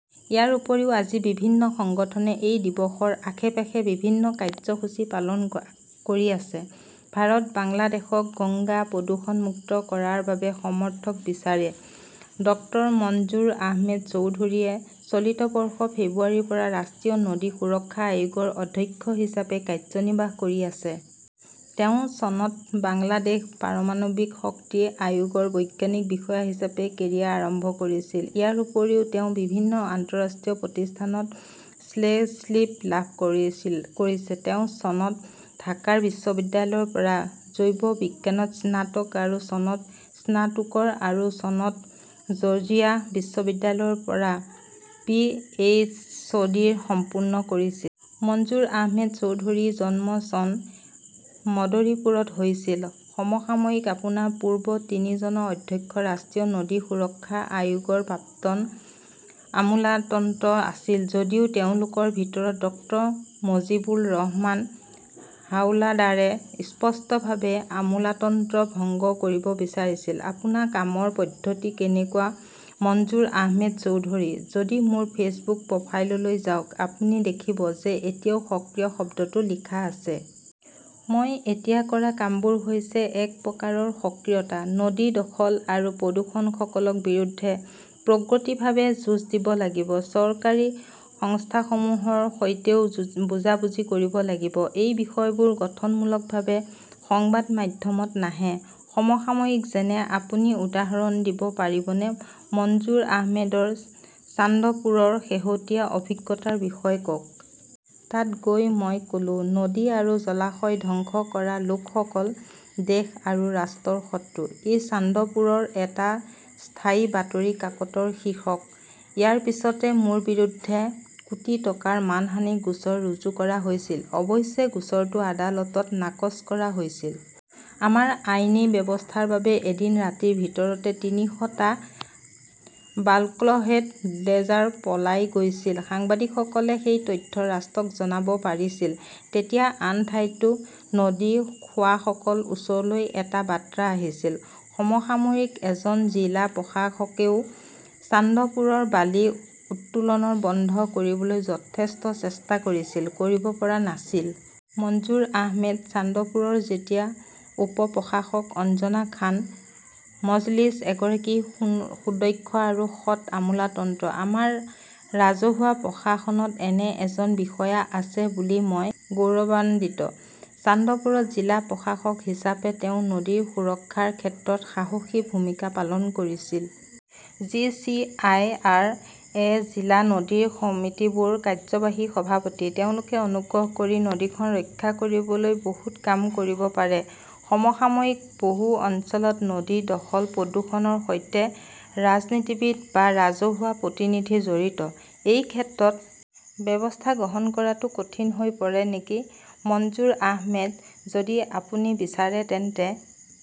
ইয়াৰ উপৰিও আজি বিভিন্ন সংগঠনে এই দিৱসৰ আশে-পাশে বিভিন্ন কাৰ্যসূচী পালন কৰি আছে। ভাৰতে বাংলাদেশক গংগা প্ৰদূষণমুক্ত কৰাৰ বাবে সমৰ্থন বিচাৰে ডক্টৰ মনজুৰ আহমেদ চৌধুৰীয়ে চলিত বৰ্ষৰ ফেব্ৰুৱাৰীৰ পৰা ৰাষ্ট্ৰীয় নদী সুৰক্ষা আয়োগৰ অধ্যক্ষ হিচাপে কাৰ্যনিৰ্বাহ কৰি আছে। তেওঁ চনত বাংলাদেশ পাৰমাণৱিক শক্তি আয়োগৰ বৈজ্ঞানিক বিষয়া হিচাপে কেৰিয়া আৰম্ভ কৰিছিল। ইয়াৰ উপৰিও তেওঁ বিভিন্ন আন্তঃৰাষ্ট্ৰীয় প্ৰতিষ্ঠানত শ্লে শ্লিপ লাভ কৰিছিল কৰিছে। তেওঁ চনত ঢাকা বিশ্ববিদ্যালয়ৰ পৰা জৈৱবিজ্ঞানত স্নাতক আৰু চনত স্নাতোকৰ আৰু চনত জৰ্জিয়া বিশ্ববিদ্যালয়ৰ পৰা পিএইচ চডি সম্পূৰ্ণ কৰিছিল। মঞ্জুৰ আহমেদ চৌধুৰী জন্ম চন মদৰীপুৰত হৈছিল। সমসাময়িকঃ আপোনাৰ পূৰ্বৰ তিনিজন অধ্যক্ষ ৰাষ্ট্ৰীয় নদী সুৰক্ষা আয়োগৰ প্ৰাক্তন আমোলাতন্ত্ৰ আছিল। যদিও তেওঁলোকৰ ভিতৰত ডক্টৰ মুজীবুৰ ৰহমান হাওলাডাৰে স্পষ্টভাৱে আমোলাতন্ত্ৰ ভংগ কৰিব বিচাৰিছিল। আপোনাৰ কামৰ পদ্ধতি কেনেকুৱা মনজুৰ আহমেদ চৌধুৰীঃ যদি মোৰ ফেচবুক প্ৰফাইললৈ যাওক, আপুনি দেখিব যে এতিয়াও সক্ৰিয় শব্দটো লিখা আছে। মই এতিয়া কৰা কামবোৰ হৈছে এক প্ৰকাৰৰ সক্ৰিয়তা। নদী দখল আৰু প্ৰদূষনসকলৰ বিৰুদ্ধে প্ৰগতিতভাৱে যুঁজ দিব লাগিব। চৰকাৰী সংস্থাসমূহৰ সৈতেও যুঁজ বুজাবুজি কৰিব লাগিব। এই বিষয়বোৰ গঠনমূলকভাৱে সংবাদ মাধ্যমত নাহে। সমসাময়িকঃ যেনে আপুনি উদাহৰণ দিব পাৰিবনে মনজুৰ আহমেদৰ চান্দপুৰৰ শেহতীয়া অভিজ্ঞতাৰ বিষয়ে কওক। তাত গৈ মই ক 'লো-নদী আৰু জলাশয় ধ্বংস কৰা লোকসকল দেশ আৰু ৰাষ্ট্ৰৰ শত্ৰু। ই চান্দপুৰৰ এটা স্থায়ী বাতৰি কাকতৰ শীৰ্ষক। ইয়াৰ পিছতে মোৰ বিৰুদ্ধে কোটি টকাৰ মানহানিৰ গোচৰ ৰুজু কৰা হৈছিল। অৱশ্যে গোচৰটো আদালতত নাকচ কৰা হৈছিল। আমাৰ আইনী ব্যৱস্থাৰ বাবে এদিন ৰাতিৰ ভিতৰতে তিনিশ টা বাল্কহেড ড্ৰেজাৰ পলাই গৈছিল। সাংবাদিকসকলে সেই তথ্য ৰাষ্ট্ৰক জনাব পাৰিছিল। তেতিয়া আন ঠাইতো নদী খোৱাসকল ওচৰলৈ এটা বাৰ্তা আহিছিল। সমসাময়িকঃ এজন জিলা প্ৰশাসকেও চান্দপুৰৰ বালি উত্তোলনৰ বন্ধ কৰিবলৈ যথেষ্ট চেষ্টা কৰিছিল, কৰিব পৰা নাছিল। মনজুৰ আহমেদঃ চান্দপুৰৰ যেতিয়া উপ-প্ৰশাসক অঞ্জনা খান মজলিছ এগৰাকী সু-সুদক্ষ আৰু সৎ আমোলাতন্ত্ৰ। আমাৰ ৰাজহুৱা প্ৰশাসনত এনে এজন বিষয়া আছে বুলি মই গৌৰৱান্বিত। চান্দপুৰত জিলা প্ৰশাসক হিচাপে তেওঁ নদীৰ সুৰক্ষাৰ ক্ষেত্ৰত সাহসী ভূমিকা পালন কৰিছিল। D. C. I. R. A. জিলা নদী সমিতিবোৰ কাৰ্যবাহী সভাপতি। তেওঁলোকে অনুগ্ৰহ কৰি নদীখন ৰক্ষা কৰিবলৈ বহুত কাম কৰিব পাৰে। সমসাময়িকঃ বহু অঞ্চলত নদী দখল-প্ৰদূষণৰ সৈতে ৰাজনীতিবিদ বা ৰাজহুৱা প্ৰতিনিধি জড়িত। এই ক্ষেত্ৰত ব্যৱস্থা গ্ৰহণ কৰাটো কঠিন হৈ পৰে নেকি মনজুৰ আহমেদঃ যদি আপুনি বিচাৰে তেন্তে